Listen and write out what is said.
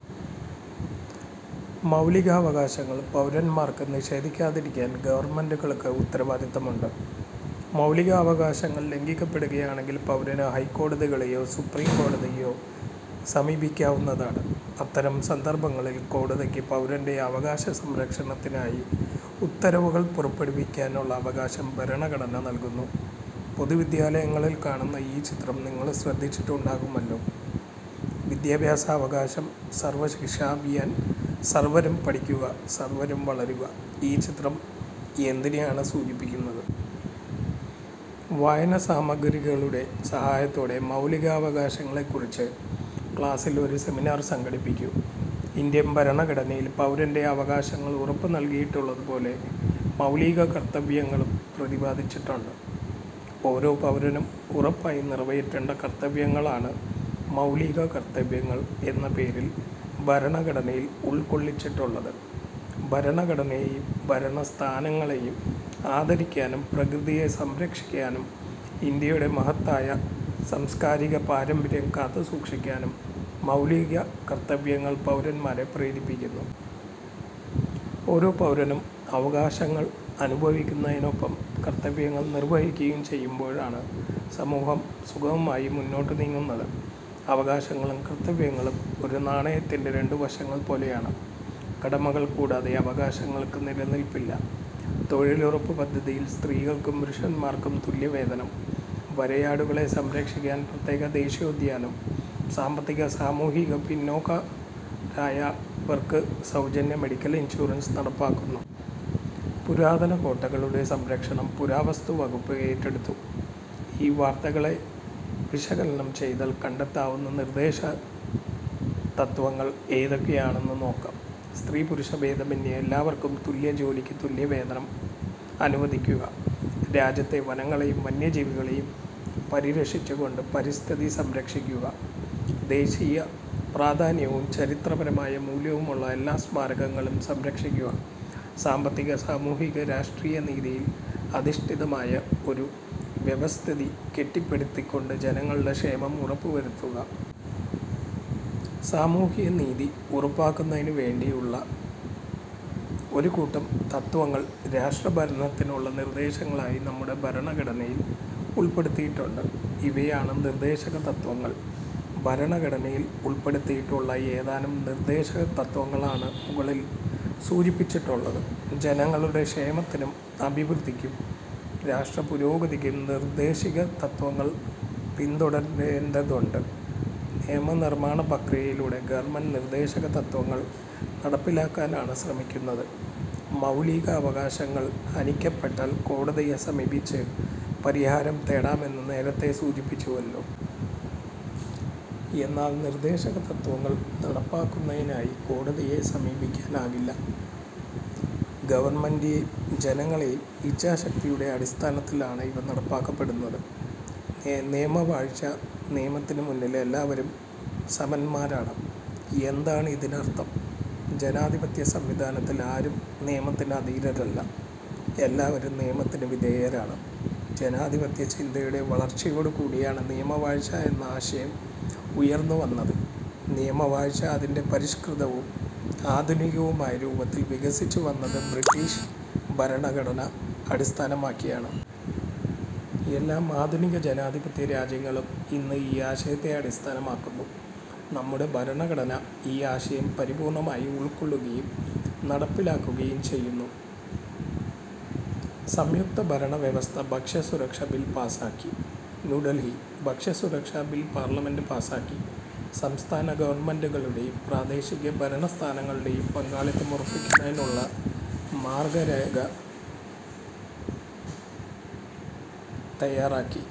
മൗലികാവകാശങ്ങൾ പൗരന്മാർക്ക് നിഷേധിക്കാതിരിക്കാൻ ഗവൺമെന്റുകൾക്ക് ഉത്തരവാദിത്വമുണ്ട്. മൗലികാവകാശങ്ങൾ ലംഘിക്കപ്പെടുകയാണങ്കിൽ പൗരന് ഹൈക്കോടതികളെയോ സുപ്രീം കോടതിയേയോ സമീപിക്കാവുന്നതാണ്. അത്തരം സന്ദർഭങ്ങളിൽ കോടതിക്ക് പൗരന്റെ അവകാശസംരക്ഷണത്തിനായി ഉത്തരവുകൾ പുറപ്പെടുവിക്കാനുള്ള അവകാശം ഭരണഘടന നൽകുന്നു. പൊതുവിദ്യാലയങ്ങളിൽ കാണുന്ന ഈ ചിത്രം നിങ്ങൾ ശ്രദ്ധിച്ചിട്ടുണ്ടാകുമല്ലോ. വിദ്യാഭ്യാസ അവകാശം- സർവ ശിക്ഷാ അഭിയാൻ- സർവരും പഠിക്കുക സർവരും വളരുക ഈ ചിത്രം എന്തിനെയാണ് സൂചിപ്പിക്കുന്നത്. വായനാസാമഗ്രികളുടെ സഹായത്തോടെ മൗലികാവകാശങ്ങളെക്കുറിച്ച് ക്ലാസിൽ ഒരു സെമിനാർ സംഘടിപ്പിക്കൂ. ഇന്ത്യൻ ഭരണഘടനയിൽ പൗരന്റെ അവകാശങ്ങൾ ഉറപ്പു നൽകിയിട്ടുള്ളതുപോലെ മൗലിക കർത്തവ്യങ്ങളും പ്രതിപാദിച്ചിട്ടുണ്ട്. ഓരോ പൗരനും ഉറപ്പായി നിറവേറ്റേണ്ട കർത്തവ്യങ്ങളാണ് മൗലിക കർത്തവ്യങ്ങൾ എന്ന പേരിൽ ഭരണഘടനയിൽ ഉൾക്കൊള്ളിച്ചിട്ടുള്ളത്. ഭരണഘടനയെയും ഭരണസ്ഥാപനങ്ങളെയും ആദരിക്കാനും പ്രകൃതിയെ സംരക്ഷിക്കാനും ഇന്ത്യയുടെ മഹത്തായ സാംസ്കാരിക പാരമ്പര്യം കാത്തുസൂക്ഷിക്കാനും മൗലിക കർത്തവ്യങ്ങൾ പൗരന്മാരെ പ്രേരിപ്പിക്കുന്നു. ഓരോ പൗരനും അവകാശങ്ങളനുഭവിക്കുന്നതിനൊപ്പം കർത്തവ്യങ്ങൾ നിർവഹിക്കുകയും ചെയ്യുമ്പോഴാണ് സമൂഹം സുഗമമായി മുന്നോട്ടു നീങ്ങുന്നത്. അവകാശങ്ങളും കർത്തവ്യങ്ങളും ഒരു നാണയത്തിന്റെ രണ്ട് വശങ്ങൾ പോലെയാണ്. കടമകൾ കൂടാതെ അവകാശങ്ങൾക്ക് നിലനില്പ്പില്ല. തൊഴിലുറപ്പ് പദ്ധതിയിൽ സ്ത്രീകൾക്കും പുരുഷൻമാർക്കും തുല്യവേതനം. വരയാടുകളെ സംരക്ഷിക്കാൻ പ്രത്യേക ദേശീയോദ്യാനം. സാമ്പത്തിക-സാമൂഹിക പിന്നോക്ക ക്കാരായവർക്ക് സൗജന്യ മെഡിക്കൽ ഇൻഷുറൻസ് നടപ്പാക്കുന്നു. പുരാതന കോട്ടകളുടെ സംരക്ഷണം പുരാവസ്തു വകുപ്പ് ഏറ്റെടുത്തു. ഈ വാർത്താകൊളാഷ് വിശകലനം ചെയ്താൽ കണ്ടെത്താവുന്ന നിർദ്ദേശകതത്ത്വങ്ങൾ ഏതൊക്കെയെന്ന് നോക്കാം. സ്ത്രീപുരുഷ ഭേദമെന്യേ എല്ലാവർക്കും തുല്യജോലിക്ക് തുല്യവേതനം അനുവദിക്കുക. രാജ്യത്തെ വനങ്ങളെയും വന്യജീവികളെയും പരിരക്ഷിച്ചുകൊണ്ട് പരിസ്ഥിതി സംരക്ഷിക്കുക. ദേശീയപ്രാധാന്യവും ചരിത്രപരമായ മൂല്യവുമുള്ള എല്ലാ സ്മാരകങ്ങളും സംരക്ഷിക്കുക. സാമ്പത്തിക, സാമൂഹിക, രാഷ്ട്രീയ നീതിയിൽ അധിഷ്ഠിതമായ ഒരു വ്യവസ്ഥിതി കെട്ടിപ്പടുത്തുകൊണ്ട് ജനങ്ങളുടെ ക്ഷേമം ഉറപ്പുവരുത്തുക. സാമൂഹ്യ നീതി ഉറപ്പാക്കുന്നതിനുവേണ്ടിയുള്ള ഒരു കൂട്ടം തത്ത്വങ്ങൾ രാഷ്ട്ര ഭരണത്തിനുള്ള നിർദേശങ്ങളായി നമ്മുടെ ഭരണഘടനയിൽ ഉൾപ്പെടുത്തിയിട്ടുണ്ട്. ഇവയാണ് നിർദ്ദേശകതത്ത്വങ്ങൾ. ഭരണഘടനയിൽ ഉൾപ്പെടുത്തിയിട്ടുള്ള ഏതാനും നിർദ്ദേശകതത്ത്വങ്ങളാണ് മുകളിൽ സൂചിപ്പിച്ചിട്ടുള്ളത്. ജനങ്ങളുടെ ക്ഷേമത്തിനും അഭിവൃദ്ധിക്കും രാഷ്ട്രപുരോഗതിക്കും നിർദ്ദേശകതത്ത്വങ്ങൾ പിൻതുടരേണ്ടതുണ്ട്. നിയമനിർമ്മാണപ്രക്രിയയിലൂടെ ഗവൺമെന്റ് നിർദ്ദേശകതത്ത്വങ്ങൾ നടപ്പിലാക്കാനാണ് ശ്രമിക്കുന്നത്. മൗലികാവകാശങ്ങൾ ഹനിക്കപ്പെട്ടാൽ കോടതിയെ സമീപിച്ച് പരിഹാരം തേടാമെന്ന് നേരത്തേ സൂചിപ്പിച്ചുവല്ലോ. എന്നാൽ നിർദ്ദേശകതത്ത്വങ്ങൾ നടപ്പാക്കുന്നതിനായി കോടതിയെ സമീപിക്കാനാകില്ല. ഗവൺമെന്റിന്റെയും ജനങ്ങളുടെയും ഇച്ഛാശക്തിയുടെ അടിസ്ഥാനത്തിലാണ് ഇവ നടപ്പാക്കപ്പെടുന്നത്. നിയമവാഴ്ച നിയമത്തിനുമുന്നിൽ എല്ലാവരും സമന്മാരാണ്. എന്താണിതിനർത്ഥം? ജനാധിപത്യ സംവിധാനത്തിൽ ആരും നിയമത്തിന് അതീതരല്ല. എല്ലാവരും നിയമത്തിനു വിധേയരാണ്. ജനാധിപത്യചിന്തയുടെ വളർച്ചയോടുകൂടിയാണ് നിയമവാഴ്ച എന്ന ആശയം ഉയർന്നുവന്നത്. നിയമവാഴ്ച അതിന്റെ പരിഷ്കൃതവും ആധുനികവുമായ രൂപത്തിൽ വികസിച്ചു വന്നത് ബ്രിട്ടീഷ് ഭരണഘടന അടിസ്ഥാനമാക്കിയാണ്. എല്ലാ ആധുനിക ജനാധിപത്യ രാജ്യങ്ങളും ഇന്ന് ഈ ആശയത്തെ അടിസ്ഥാനമാക്കുന്നു. നമ്മുടെ ഭരണഘടന ഈ ആശയം പരിപൂർണ്ണമായി ഉൾക്കൊള്ളുകയും നടപ്പിലാക്കുകയും ചെയ്യുന്നു. സംയുക്തഭരണവ്യവസ്ഥ ഭക്ഷ്യസുരക്ഷാ ബിൽ പാസ്സാക്കി. ന്യൂഡൽഹി: ഭക്ഷ്യസുരക്ഷാ ബിൽ പാർലമെന്റ് പാസ്സാക്കി. സംസ്ഥാന ഗവൺമെന്റുകളുടെയും പ്രാദേശിക ഭരണസ്ഥാപനങ്ങളുടെയും പങ്കാളിത്തം ഉറപ്പാക്കുന്നതിനുള്ള മാർഗ്ഗരേഖ തയ്യാറാക്കി.